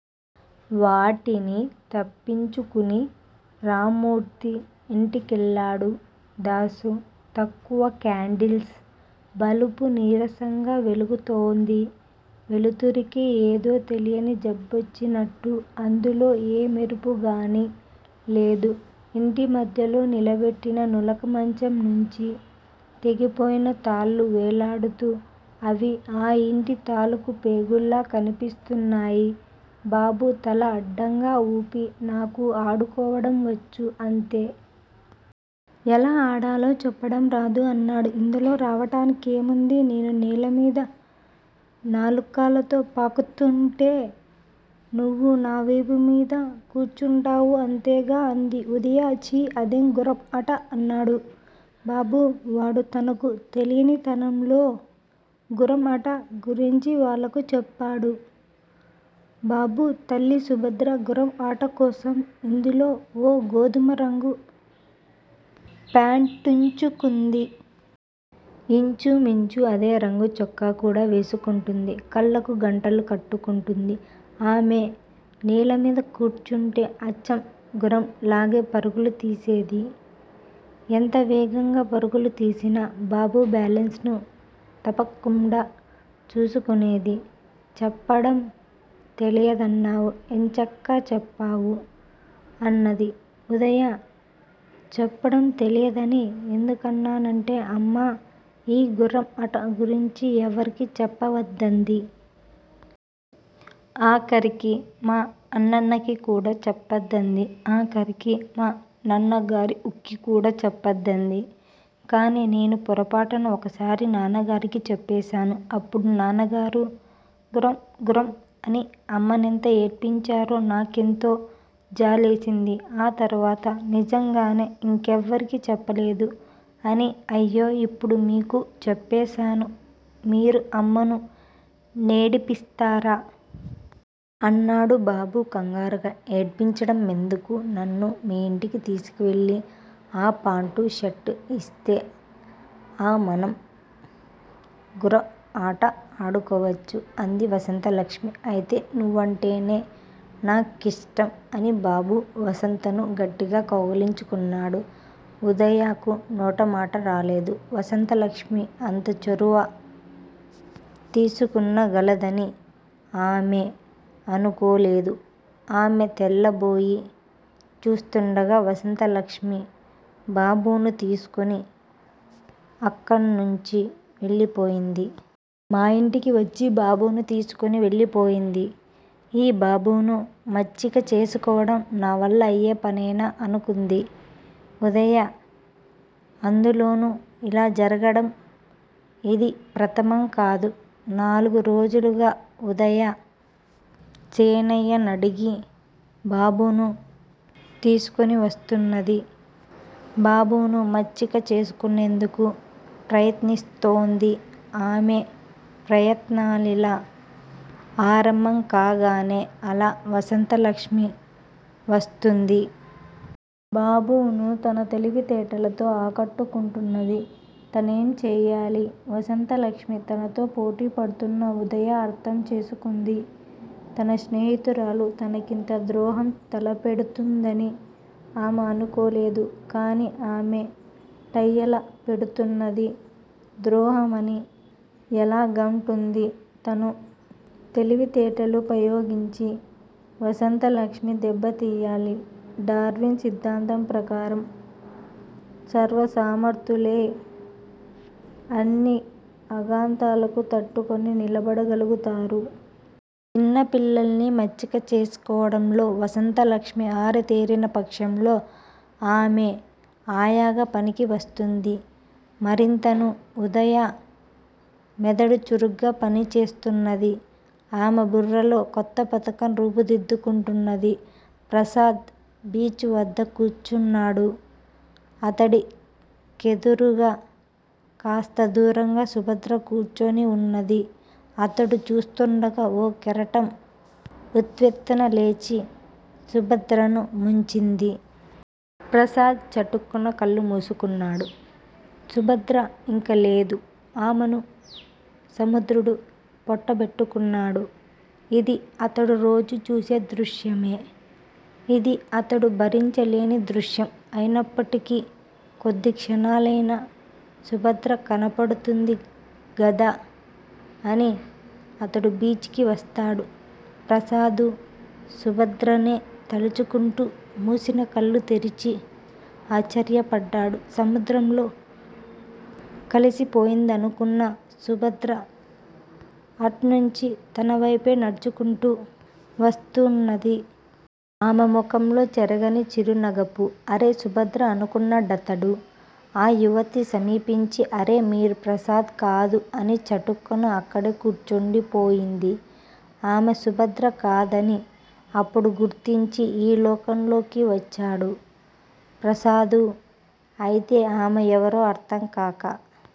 వాటిని తప్పించుకుని రామ్మూర్తి ఇంటికెళ్ళాడు దాసు. తక్కువ క్యాండిల్స్ బల్బు నీరసంగా వెలుగుతోంది. వెలుతురికే ఏదో తెలియని జబ్బొచ్చినట్టు అందులో ఏ మెరుపుగానీ లేదు. ఇంటిమధ్యలో నిలబెట్టిన నులకమంచం నుంచి తెగిపోయిన తాళ్లు వేలాడుతూ అ వి ఆ ఇంటి తాలుకూ పేగుల్లా కనిపిస్తున్నాయి. బాబు తల అడ్డంగాఊపి నాకు ఆడుకోవడం వచ్చు అంతే! ఎలా ఆడాలో చెప్పడంరాదు అన్నాడు. ఇందులో రావడానికేముంది? నేను నేలమీద నాలుగుకాళ్ళతో పాకుతూంటే నువ్వు నావీపుమీద కూర్చుంటావు. అంతేగా? అంది. ఉదయ. ఛీ అదేం గుఱ్ఱం అట అన్నాడు బాబు. వాడు తనకు తెలినతంలో గుఱ్ఱం అట గురించి వాళ్ళకు చెప్పాడు. బాబు తల్లి సుభద్ర గుఱ్ఱం అట కోసం ఇంతలో ఓ గోధుమరంగు ప్యాంటుంచుకుంది. ఇంచుమించు అదే రంగు చొక్కాకూడా వేసుకుంటుంది. కళ్ళకు గంటలు కట్టుకుంటుంది. ఆమె నేలమీద కూర్చుంటే అచ్చం గుఱ్ఱం లాగే పరుగులు తీసేది. ఎంత వేగంగా పరుగులు తీసినా బాబు బ్యాలెన్సు తపకుమ్డా చూసుకునేది. చెప్పడం తెలియదన్నావు. ఎంచక్కా చెప్పావు అన్నది ఉదయ. చెప్పడం తెలియదని ఎందుకన్నానంటే అమ్మ ఈ గుఱ్ఱం అట గురించి ఎవరికీ చెప్పావద్దంది. ఆఖరికి మా అన్నన్నకికూడా చెప్పద్దంది. ఆఖరికి మా నన్నగరిఉకికూడా చెప్పద్దంది. కానీ నేను పొరపాటున ఒకసారి నాన్నగారికి చెప్పేశాను. అప్పుడు నాన్నగారు గుఱ్ఱం గుఱ్ఱం అని అమ్మనేంత ఏడిపించారో నాకెంతో జాలేసింది. ఆ తర్వాత నిజంగానే ఇంకెవ్వరికీ చెప్పలేదు అని అయ్యో ఇప్పుడు మీకు చెప్పేశాను మీరు అమ్మ నేడిపిస్తారా? ఆన్నాడు. బాబు కంగారుగా. ఏడిపించడంమెందుకు? నన్ను మీ యింటికి తీసుకునివెళ్ళి ఆపాంటూ షర్టూ ఇస్తే అమనం గుఱ్ఱమాట అడుకోవచ్చు అంది వసంతలక్ష్మి. అయితే నువ్వుంటేనే నాకిష్టం అని బాబు వసంతను గట్టిగా కౌగలించుకున్నాడు. ఉదయకు నోటమటారాలేదు. వసంతలక్ష్మిఅంత చొరవ తీసుకునగలదని ఆమె అనుకోలేదు. ఆమె తెల్లబోయి చూస్తుండగా వసంతలక్ష్మి బాబును తీసుకుని అక్కణ్ణుంచి వెళ్ళిపోయింది. మా యింటికివచ్చి బాబును తీసుకుని వెళ్ళిపోయింది. ఈ బాబును మచ్చిక చేసుకోవడం నవల్లయ్యే పనేనా? అనుకుంది. ఉదయ. అందులోనూ ఇలా జరగడం ఇది ప్రథమంకాదు. నలుగు రోజులుగా ఉదయ శేనయ్యనడిగి బాబును తీసుకునివస్తున్నది. బాబును మచ్చిక చేసుకునేందుకు ప్రయత్నిస్తోంది. ఆమె ప్రయత్నలిలా ఆరంభంకాగానే అల వసంతలక్ష్మి వస్తుంది. బాబును తన తెలివితేటలతో ఆకట్టుకుంటున్నది. తనెంచేయాలి? వసంతలక్ష్మి తనతో పోటీపడుతున్నట్లు ఉదయ అర్ధంచేసుకుంది. తన స్నేహితురాలు తనకింత ద్రోహం తలపెడుతుందని ఆమె అనుకోలేదు. కానీ ఆమె ట్యాల పెడుతున్నది. ద్రోహమని ఎలాగంటుంది? తనూ తెలివితేటలుపయోగించి వసంతలక్ష్మి దెబ్బతీయాలి డార్వీన్ సిద్దాంతం ప్రకారం సర్వసమర్ధులే అన్ని అఘాతలకూ తట్టుకుని నిలబడగల్గుతారు. చిన్నపిల్లల్ని మచ్చిక చేసుకోవడంలో వసంతలక్ష్మి అరితేరినపక్షంలో ఆమె ఆయాగా పనికివస్తుంది. మరితను ఉదయ మెదడు చురుగ్గా పనిచేస్తున్నది. ఆమె బుర్రలో కొత్తపథకం రూపు దిద్దుకుంటున్నది. ప్రసాద్ బీచివద్ద కూర్చున్నాడు. అతడి కెదురుగా కాస్త దూరంగా సుభద్ర కూర్చుని ఉన్నది. అతడు చూస్తుండగా ఓ కెరటం ఉవ్వెత్తునలేచి సుభద్రను ముంచింది. ప్రసాద్ చటుక్కున కళ్ళు మూసుకున్నాడు. సుభద్ర ఇంకలేదు. ఆమెను సముద్రుడు పొట్టబెట్టుకున్నాడు. ఇది అతడు రోజూ చూసే దృశ్యమే! ఇది అతడు భరించలేని దృశ్యం అయినప్పుటికి కొద్దిక్షణాలైనా సుభద్ర కనబడుతుందిగదా అని అతడు బీచికి వస్తాడు. ప్రసాదు సుభద్రనే తల్చుకుంటూ మూసినకళ్ళు తెరచి ఆశ్చర్యపడ్డాడు. సముద్రంలో కలసిపోయిందనుకున్న సుభద్ర అట్నించి తనవైపే నడుచుకుంటూ వస్తున్నది. ఆమె ముఖంలో చెరగని చిరునగపు అరే సుభద్ర అనుకున్నాడతడు. ఆ యువతి సమీపించి __ అరే __ మీరు ప్రసాద్ కదూ అని చటుక్కున అక్కడే కూర్చుండిపోయింది. ఆమె సుభద్ర కాదని అప్పుడు గుర్తించి ఈ లోకంలోకి వచ్చాడు. ప్రసాదు అయితే ఆమె ఎవరో అర్ధంకాక